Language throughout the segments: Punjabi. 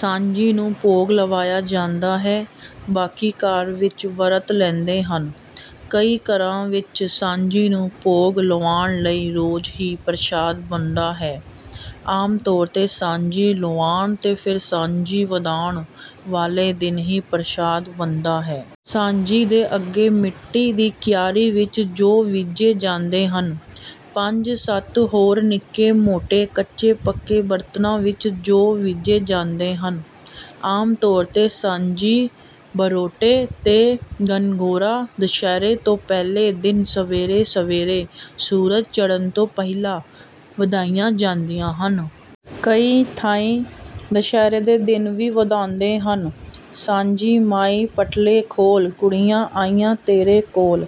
ਸਾਂਝੀ ਨੂੰ ਭੋਗ ਲਵਾਇਆ ਜਾਂਦਾ ਹੈ। ਬਾਕੀ ਘਰ ਵਿੱਚ ਵਰਤ ਲੈਂਦੇ ਹਨ। ਕਈ ਘਰਾਂ ਵਿੱਚ ਸਾਂਝੀ ਨੂੰ ਭੋਗ ਲਾਉਣ ਲਈ ਰੋਜ ਹੀ ਪ੍ਰਸਾਦ ਬਨਦਾ ਹੈ। ਆਮ ਤੌਰ ਤੇ ਸਾਂਝੀ ਲਾਉਣ ਤੇ ਫਿਰ ਸਾਂਝੀ ਵਧਾਉਣ ਵਾਲੇ ਦਿਨ ਹੀ ਪ੍ਰਸਾਦ ਬਨਦਾ ਹੈ। ਸਾਂਝੀ ਦੇ ਅੱਗੇ ਮਿਟੀ ਦੀ ਕਿਆਰੀ ਵਿੱਚ ਜੌ ਬੀਜੇ ਜਾਂਦੇ ਹਨ ਪੰਜ ਸੱਤ ਹੋਰ ਨਿਕੇ ਮੋਟੇ ਕੱਚੇ ਪੱਕੇ ਬਰਤਨਾਂ ਵਿੱਚ ਜੌ ਬੀਜੇ ਜਾਂਦੇ ਹਨ। ਆਮ ਤੌਰ ਤੇ ਸਾਂਝੀ ਬਰੋਟੇ ਤੇ ਗਨਗੋਰਾ ਦੁਸਹਿਰੇ ਤੋਂ ਪਹਿਲੇ ਦਿਨ ਸਵੇਰੇ ਸਵੇਰੇ ਸੂਰਜ ਚੜ੍ਹਨ ਤੋਂ ਪਹਿਲਾ ਵਧਾਈਆਂ ਜਾਂਦੀਆਂ ਹਨ। ਕਈ ਥਾਈਂ ਦੁਸਹਿਰੇ ਦੇ ਦਿਨ ਵੀ ਵਧਾਉਂਦੇ ਹਨ। ਸਾਂਝੀ ਮਾਈ ਪਟਲੇ ਖੋਲ ਕੁੜੀਆ ਆਈਆ ਤੇਰੇ ਕੋਲ।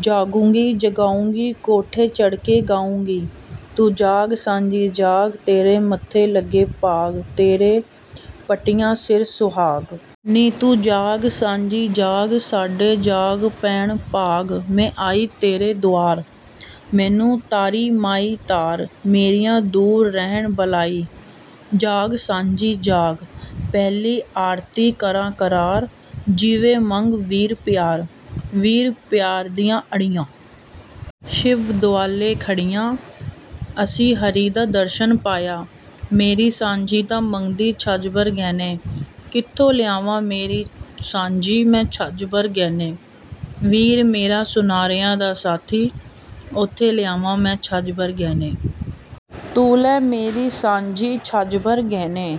ਜਾਗੂੰ ਗੀ ਜਗਾਉਂਗੀ ਕੋਠੇ ਚੜ ਕੇ ਗਾਉਂਗੀ। ਤੂੰ ਜਾਗ ਸਾਂਝੀ ਜਾਗ ਤੇਰੇ ਮੱਥੇ ਲੱਗੇ ਭਾਗ ਤੇਰੇ ਪੱਟੀਆਂ ਸਿਰ ਸੁਹਾਗ। ਨੀ ਤੂੰ ਜਾਗ ਸਾਂਝੀ ਜਾਗ। ਸਾਡੇ ਜਾਗ ਪੈਣ ਭਾਗ। ਮੈ ਆਈ ਤੇਰੇ ਦਵਾਰ। ਮੈਨੂੰ ਤਾਰੀ ਮਾਈ ਤਾਰ। ਮੇਰੀਆ ਦੂਰ ਰਹਿਣ ਬਲਾਈ। ਜਾਗ ਸਾਂਝੀ ਜਾਗ। ਪਹਿਲੀ ਆਰਤੀ ਕਰਾ ਕਰਾਰ। ਜੀਵੇ ਮੰਗ ਵੀਰ ਪਿਆਰ। ਵੀਰ ਪਿਆਰ ਦੀਆਂ ਅੜੀਆ। ਸ਼ਿਵ ਦੁਆਲੇ ਖੜ੍ਹੀਆ। ਅਸੀਂ ਹਰਿ ਦਾ ਦਰਸ਼ਨ ਪਾਇਆ। ਮੇਰੀ ਸਾਂਝੀ ਤਾਂ ਮੰਗਦੀ ਛੱਜ ਭਰ ਗਹਿਣੇ। ਕਿੱਥੋਂ ਲਿਆਵਾ ਮੇਰੀ ਸਾਂਝੀ ਮੈਂ ਛੱਜ ਭਰ ਗਹਿਣੇ। ਵੀਰ ਮੇਰਾ ਸੁਣਿਆਰੇ ਦਾ ਸਾਖੀ ਉਥੇ ਲਿਆਵਾ ਮੈਂ ਛੱਜ ਭਰ ਗਹਿਣੇ। ਤੂੰ ਲੈ ਮੇਰੀ ਸਾਂਝੀ ਛੱਜ ਭਰ ਗਹਿਣੇ।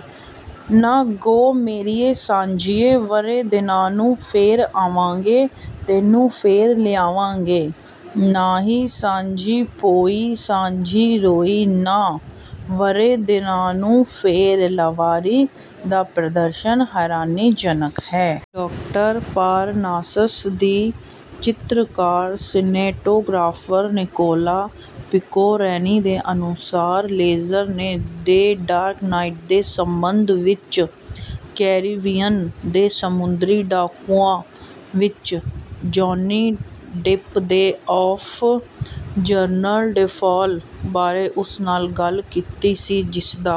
ਨਾ ਗੋਅ ਮੇਰੀਏ ਸਾਂਝੀਏ ਵਰੇ ਦਿਨਾਂ ਨੂੰ ਫੇਰ ਆਵਾਂਗੇ ਤੈਨੂੰ ਫੇਰ ਲਿਆਵਾਂਗੇ। ਨਾਈ ਸਾਂਝੀ ਪੋਈ ਸਾਂਝੀ ਰੋਈ ਨਾ ਵਰੇ ਦਿਨਾਂ ਨੂੰ ਫੇਰ ਲਾਵਾਰੀ। ਦਾ ਪ੍ਰਦਰਸ਼ਨ ਹੈਰਾਨੀਜਨਕ ਹੈ। ਡਾਕਟਰ ਪਾਰਨਾਸਸ ਦੀ ਚਿੱਤਰਕਾਰ ਸਿਨੈਟੋਗ੍ਰਾਫਰ ਨਿਕੋਲਾ ਪਿਕੋਰਨੀ ਦੇ ਅਨੁਸਾਰ ਲੇਜ਼ਰ ਨੇ ਡੇ ਡਾਰਕ ਨਾਈਟ ਦੇ ਸਬੰਧ ਵਿੱਚ ਕੈਰੀਬੀਅਨ ਦੇ ਸਮੁੰਦਰੀ ਡਾਕੂਆਂ ਵਿੱਚ ਜੌਨੀ ਡਿਪ ਦੇ ਆਫ ਜਰਨਟ੍ਰਾਫੇਲ ਬਾਰੇ ਉਸ ਨਾਲ ਗੱਲ ਕੀਤੀ ਸੀ ਜਿਸਦਾ